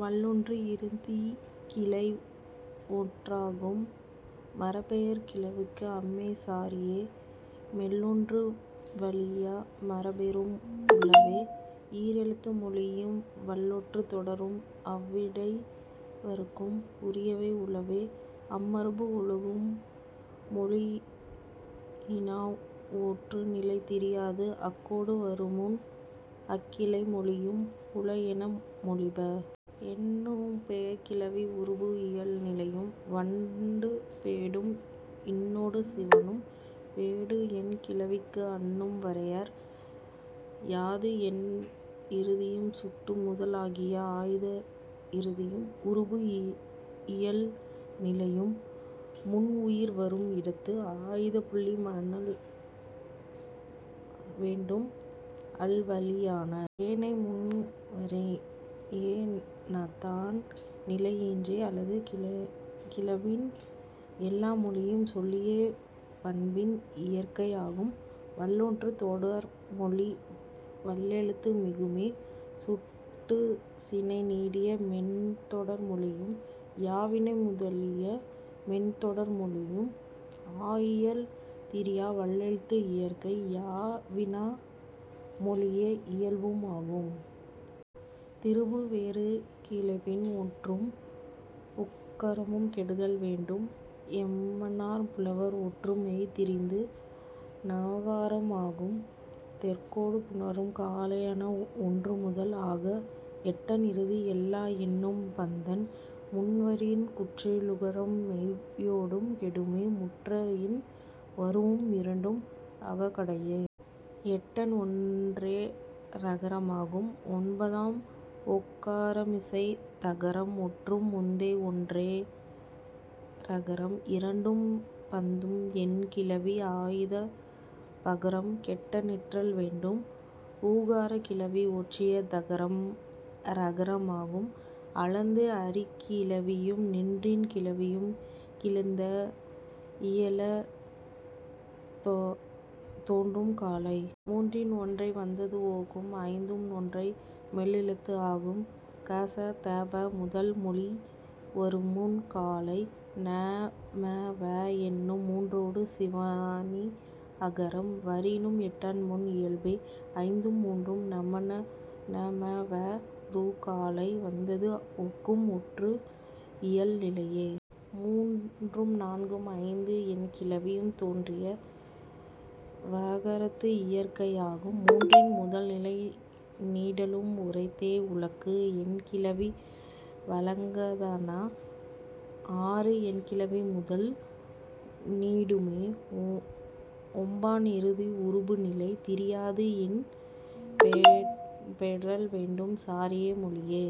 வல்லொற்று இறுதி கிளை ஒற்று ஆகும். மரப்பெயர்க் கிளவிக்கு அம்மே சாரியை. -- மெல்லொற்று வலியா மரப்பெயரும் உளவே. ஈர் எழுத்து மொழியும் வல்லொற்றுத் தொடரும் அம் இடை வரற்கும் உரியவை உளவே அம் மரபு ஒழுகும் மொழிவயினான ஒற்று நிலை திரியாது அக்கொடு வரூஉம் அக் கிளைமொழியும் உள என மொழிப. எண்ணுப்பெயர்க் கிளவி உருபு இயல் நிலையும். வண்டும் பெண்டும் இன்னொடு சிவணும். பெண்டு என் கிளவிக்கு அன்னும் வரையார். யாது என் இறுதியும் சுட்டு முதல் ஆகிய ஆய்த இறுதியும் உருபு இயல் நிலையும். முன் உயிர் வரும் இடத்து ஆய்தப் புள்ளி மன்னல் வேண்டும் அல்வழியான. ஏனை முன் வரினே தான் நிலை இன்றே. அல்லது கிளப்பின் எல்லா மொழியும் சொல்லிய பண்பின் இயற்கை ஆகும். வல்லொற்றுத் தொடர்மொழி வல்லெழுத்து மிகுமே. சுட்டுச் சினை நீடிய மென்றொடர் மொழியும் யா வினா முதலிய மென்றொடர் மொழியும் ஆயியல் திரியா வல்லெழுத்து இயற்கை. யா வினா மொழியே இயல்பும் ஆகும். திரிபு வேறு கிளப்பின் ஒற்றும் உகரமும் கெடுதல் வேண்டும் என்மனார் புலவர் ஒற்று மெய் திரிந்து னகாரம் ஆகும் தெற்கொடு புணரும் காலையான. ஒன்று முதல் ஆக எட்டன் இறுதி எல்லா எண்ணும் பத்தன் முன் வரின் குற்றியலுகரம் மெய்யொடும் கெடுமே முற்ற இன் வரூஉம் இரண்டு அலங்கடையே. எட்டன் ஒற்றே ணகாரம் ஆகும். ஒன்பான் ஒகரமிசைத் தகரம் ஒற்றும் முந்தை ஒற்றே ணகாரம் இரட்டும் பஃது என் கிளவி ஆய்த பகரம் கெட நிற்றல் வேண்டும் ஊகாரக் கிளவி ஒற்றிய தகரம் றகரம் ஆகும். அளந்து அறி கிளவியும் நிறையின் கிளவியும் கிளந்த இயல தோன்றும் காலை. மூன்றன் ஒற்றே வந்தது ஒக்கும். ஐந்தன் ஒற்றே மெல்லெழுத்து ஆகும். க ச த ப முதல் மொழி வரூஉம் காலை. ந ம வ என்னும் மூன்றொடு சிவணி அகரம் வரினும் எட்டன் முன் இயல்பே. ஐந்தும் மூன்றும் ந ம வரு காலை வந்தது ஒக்கும் ஒற்று இயல் நிலையே. மூன்றும் நான்கும் ஐந்து என் கிளவியும் தோன்றிய வகரத்து இயற்கை ஆகும். மூன்றன் முதல் நிலை நீடலும் உரித்தே உழக்கு என் கிளவி வழக்கத்தான. ஆறு என் கிளவி முதல் நீடும்மே. ஒன்பான் இறுதி உருபு நிலை திரியாது இன் பெறல் வேண்டும் சாரியை மொழியே.